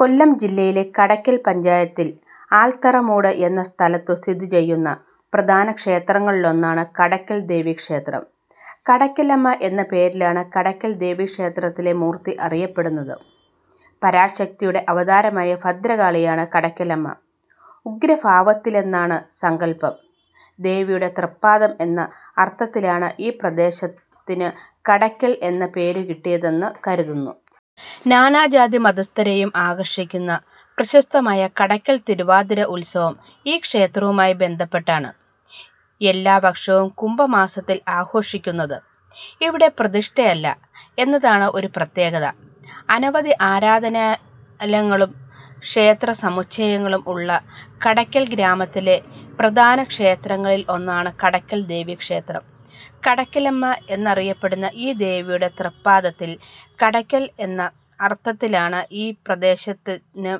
കൊല്ലം ജില്ലയിലെ കടക്കൽ പഞ്ചായത്തിൽ ആൽത്തറമൂട് എന്ന സ്ഥലത്തു സ്ഥിതിചെയ്യുന്ന പ്രധാന ക്ഷേത്രങ്ങളിലൊന്നാണ് കടയ്ക്കൽ ദേവി ക്ഷേത്രം. കടയ്ക്കലമ്മ എന്നപേരിലാണ് കടയ്ക്കൽ ദേവിക്ഷേത്രത്തിലെ മൂർത്തി അറിയപ്പെടുന്നത്. " പരാശക്തിയുടെ " അവതാരമായ " ഭദ്രകാളിയാണ് " കടയ്ക്കലമ്മ. ഉഗ്രഭാവത്തിലെന്നാണ് സങ്കൽപ്പം. ദേവിയുടെ തൃപ്പാദം എന്ന അർത്ഥത്തിലാണ് ഈ പ്രദേശത്തിന് കടയ്ക്കൽ എന്ന പേരു കിട്ടിയതെന്ന് കരുതുന്നു. നാനാജാതി മതസ്ഥരെയും ആകർഷിക്കുന്ന പ്രശസ്തമായ കടയ്ക്കൽ തിരുവാതിര ഉത്സവം ഈ ക്ഷേത്രവുമായി ബന്ധപ്പെട്ടാണ് എല്ലാ വർഷവും കുംഭമാസത്തിൽ ആഘോഷിക്കുന്നത്. ഇവിടെ പ്രതിഷ്ഠയില്ല എന്നതാണ് ഒരു പ്രത്യേകത. അനവധി ആരാധനാലങ്ങളും ക്ഷേത്ര സമുച്ചയങ്ങളും ഉള്ള കടയ്ക്കൽ ഗ്രാമത്തിലെ പ്രധാന ക്ഷേത്രങ്ങളിൽ ഒന്നാണ് കടയ്ക്കൽ ദേവി ക്ഷേത്രം. കടയ്ക്കലമ്മ എന്നറിയപ്പെടുന്ന ഈ ദേവിയുടെ തൃപ്പാദത്തിൽ കടയ്ക്കൽ എന്ന അർത്ഥത്തിലാണ് ഈ പ്രദേശത്തിന്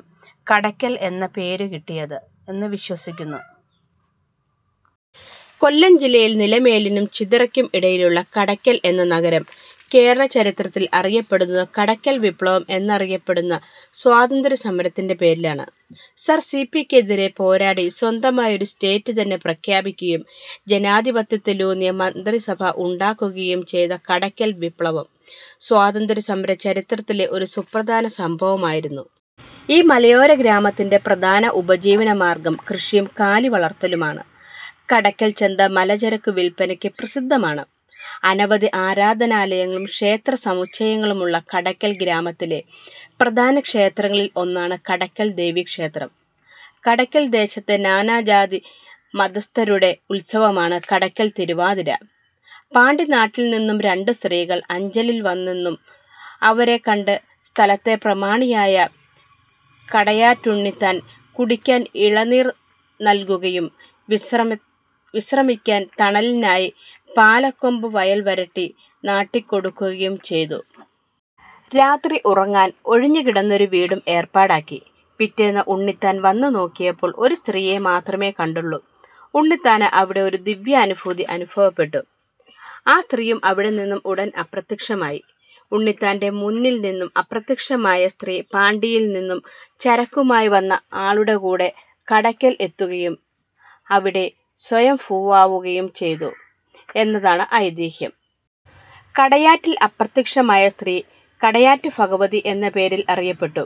കടയ്ക്കൽ എന്ന പേരു കിട്ടിയത് എന്ന് വിശ്വസിക്കുന്നു. കൊല്ലം ജില്ലയിൽ നിലമേലിനും ചിതറയ്ക്കും ഇടയിലുള്ള കടയ്ക്കൽ എന്ന നഗരം കേരള ചരിത്രത്തിൽ അറിയപ്പെടുന്നത് കടയ്ക്കൽ വിപ്ലവം എന്നറിയപ്പെടുന്ന സ്വാതന്ത്ര്യസമരത്തിന്റെ പേരിലാണ്. Sir C. പി ക്കെതിരെ പോരാടി സ്വന്തമായി ഒരു സ്റ്റേറ്റ് തന്നെ പ്രഖ്യാപിക്കുകയും ജനാധിപത്യത്തിലൂന്നിയ മന്ത്രിസഭ ഉണ്ടാക്കുകയും ചെയ്ത കടയ്ക്കൽ വിപ്ലവം സ്വാതന്ത്ര്യ സമര ചരിത്രത്തിലെ ഒരു സുപ്രധാന സംഭവമായിരുന്നു. ഈ മലയോരഗ്രാമത്തിന്റെ പ്രധാന ഉപജീവന മാർഗ്ഗം കൃഷിയും കാലിവളർത്തലുമാണ്. കടയ്ക്കൽ ചന്ത മലചരക്കു വിൽപ്പനയ്ക്ക് പ്രസിദ്ധമാണ്. അനവധി ആരാധനാലയങ്ങളും ക്ഷേത്ര സമുച്ചയങ്ങളും ഉള്ള കടയ്ക്കൽ ഗ്രാമത്തിലെ പ്രധാനക്ഷേത്രങ്ങളിൽ ഒന്നാണ് കടയ്ക്കൽ ദേവി ക്ഷേത്രം. കടയ്ക്കൽ ദേശത്തെ നാനാജാതി മതസ്ഥരുടെ ഉത്സവമാണ് കടയ്ക്കൽ തിരുവാതിര. പാണ്ടി നാട്ടിൽ നിന്നും രണ്ട് സ്ത്രീകൾ അഞ്ചലിൽ വന്നെന്നും അവരെ കണ്ട് സ്ഥലത്തെ പ്രമാണിയായ കടയാറ്റുണ്ണിത്താൻ കുടിയ്ക്കാൻ ഇളനീർ നൽകുകയും വിശ്രമിക്കാൻ തണലിനായി പാലകൊമ്പ് വയൽ വരട്ടി നാട്ടി കൊടുക്കുകയും ചെയ്തു. രാത്രി ഉറങ്ങാൻ ഒഴിഞ്ഞ് കിടന്നൊരു വീടും ഏർപ്പാടാക്കി. പിറ്റേന്ന് ഉണ്ണിത്താൻ വന്ന് നോ ക്കിയപ്പോൾ ഒരു സ്ത്രീയെ മാത്രമെ കണ്ടുള്ളൂ. ഉണ്ണിത്താന് അവിടെ ഒരു ദിവ്യാനുഭൂതി അനുഭവപ്പെട്ടു. ആ സ്ത്രീയും അവിടെ നിന്ന് ഉടൻ അപ്രത്യക്ഷമായി. ഉണ്ണിത്താന്റെ മൂന്നിൽ നിന്നും അപ്രത്യക്ഷമായ സ്ത്രീ പാണ്ടിയിൽ നിന്നും ചരക്കുമായി വന്ന ആളുടെ കൂടെ കടയ്ക്കൽ എത്തുകയും അവിടേ സ്വയംഭൂവാവുകയും ചെയ്തു എന്നതാണ് ഐതിഹ്യം. കടയാറ്റിൽ അപ്രത്യക്ഷമായ സ്ത്രീ കടയാറ്റ് ഭഗവതി എന്ന പേരിൽ അറിയപ്പെട്ടു.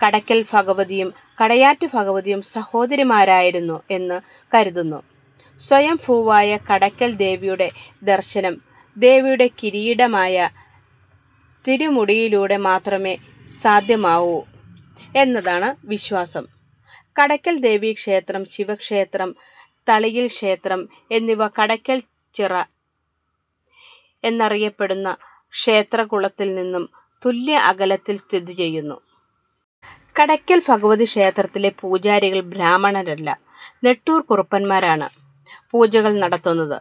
കടയ്ക്കൽ ഭഗവതിയും കടയാറ്റ് ഭഗവതിയും സഹോദരീമാരായിരുന്നു എന്ന് കരുതുന്നു. സ്വയംഭൂവായ കടയ്ക്കൽ ദേവിയുടെ ദർശനം ദേവിയുടെ കിരീടമായ തിരുമുടിയിലൂടെ മാത്രമേ സാദ്ധ്യമാകൂ എന്നതാണ് വിശ്വാസം. കടയ്ക്കൽ ദേവിക്ഷേത്രം, ശിവക്ഷേത്രം, തളിയിൽ ക്ഷേത്രം എന്നിവ കടയ്ക്കൽ ചിറ എന്നറിയപ്പെടുന്ന ക്ഷേത്രകുളത്തിൽ നിന്നും തുല്യ അകലത്തിൽ സ്ഥിതി ചെയ്യുന്നു. കടയ്ക്കൽ ഭഗവതി ക്ഷേത്തിലെ പൂജാരികൾ ബ്രാഹ്മണരല്ല. നെട്ടൂർ കുറുപ്പന്മാരാണ് പൂജകൾ നടത്തുന്നത്.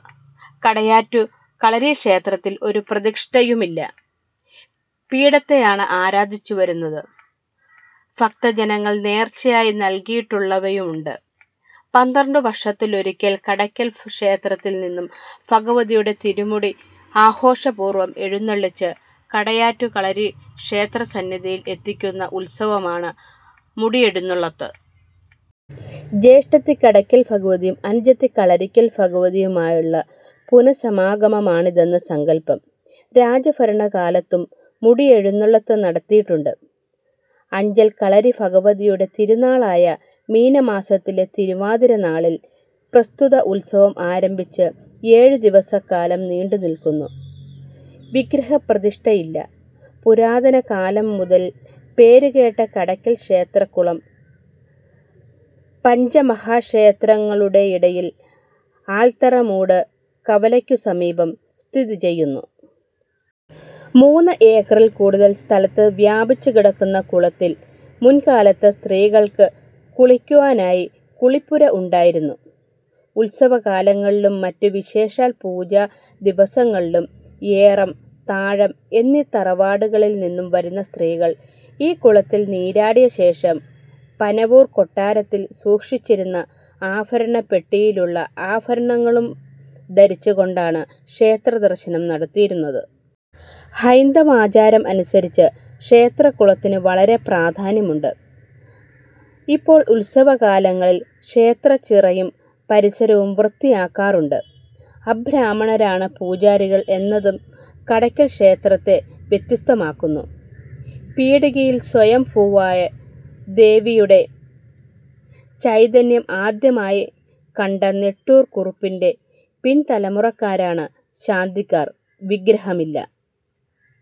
കടയാറ്റു കളരീക്ഷേത്രത്തിൽ ഒരു പ്രതിഷ്ഠയില്ല. പീഠത്തെയാണ് ആരാദിച്ചു വരുന്നത്. ഭക്തജനങ്ങൾ നേർച്ചയായി നൽകിയിട്ടുള്ളവയുമുണ്ട്. പന്ത്രണ്ടു വർത്തിലൊരിക്കൽ കടയ്ക്കൽ ക്ഷേത്രത്തിൽ നിന്നും ഭഗവതിയുടെ തിരുമുടി ആഘോഷപൂർവ്വം എഴുന്നള്ളിച്ച് കടയാറ്റു കളരി ക്ഷേത്രസന്നിധിയിൽ എത്തിക്കുന്ന ഉത്സവമാണ് ' മുടിയെഴുന്നള്ളത്ത് '. ജ്യേഷ്ഠത്തി കടയ്ക്കൽ ഭഗവതിയും അനുജത്തി കളരിക്കൽ ഭഗവതിയുമായുള്ള പുനഃസമാഗമമാണിതെന്ന് സങ്കല്പം. രാജഭരണകാലത്തും മുടിയെഴുന്നള്ളത്ത് നടത്തിയിട്ടുണ്ട്. അഞ്ചൽ കളരി ഭഗവതിയുടെ തിരുനാളായ മീനമാസത്തിലെ തിരുവാതിര നാളിൽ പ്രസ്തുത ഉത്സവം ആരംഭിച്ച് ഏഴുദിവസക്കാലം നീണ്ടുനില്ക്കുന്നു. വിഗ്രഹ പ്രതിഷ്ഠയില്ല. പുരാതന കാലം മുതൽ പേരുകേട്ട കടക്കൽ ക്ഷേത്രക്കുളം പഞ്ചമഹാക്ഷേത്രങ്ങളുടെയിടയിൽ ആൽത്തറമൂട് കവലയ്ക്ക് സമീപം സ്ഥിതിചെയ്യുന്നു. മൂന്ന് ഏക്കറിൽ കൂടുതൽ സ്ഥലത്ത് വ്യാപിച്ച് കിടക്കുന്ന കുളത്തിൽ മുൻകാലത്ത് സ്ത്രീകൾക്ക് കുളിക്കുവാ നായി കുളിപ്പുര ഉണ്ടായിരുന്നു. ഉത്സവകാലങ്ങളിലും, മറ്റ് വിശോഷാൽ പൂജാ ദിവസങ്ങളിലും ഏറം, താഴം എന്നീ തറവാടുകളിൽ നിന്നുംവരുന്ന സിത്രീകൾ ഈ കുളത്തിൽ നീരാടിയ ശേഷം പനവൂർ കൊട്ടാരത്തിൽ സൂക്ഷിച്ചിരുന്ന ആഭരണപ്പെട്ടിയിലുള്ള ആഭരണങ്ങളും ധരിച്ചു കൊണ്ടാണ് ക്ഷേത്ര ദർശനം നടത്തിയിരുന്നത്. ഹൈന്ദവാചാരം അനുസരിച്ച് ക്ഷേത്രക്കുളത്തിന് വളരെ പ്രാധാന്യമുണ്ട്. ഇപ്പോൾ ഉത്സവകാലങ്ങളിൽ ക്ഷേത്രച്ചിറയും പരിസരവും വൃത്തിയാക്കാറുണ്ട്. അബ്രഹ്മണരാണ് പൂജാരികൾ എന്നതും കടയ്ക്കൽ ക്ഷേത്രത്തെ വ്യതസ്തമാക്കുന്നു. പീടികയിൽ സ്വയം ഭൂവായ ദേവിയുടെ ചൈതന്യം ആദ്യമായി കണ്ട നെട്ടൂർ കുറുപ്പിന്റെ പിൻതലമുറക്കാരാണ് ശാന്തിക്കാർ. വിഗ്രഹമില്ല.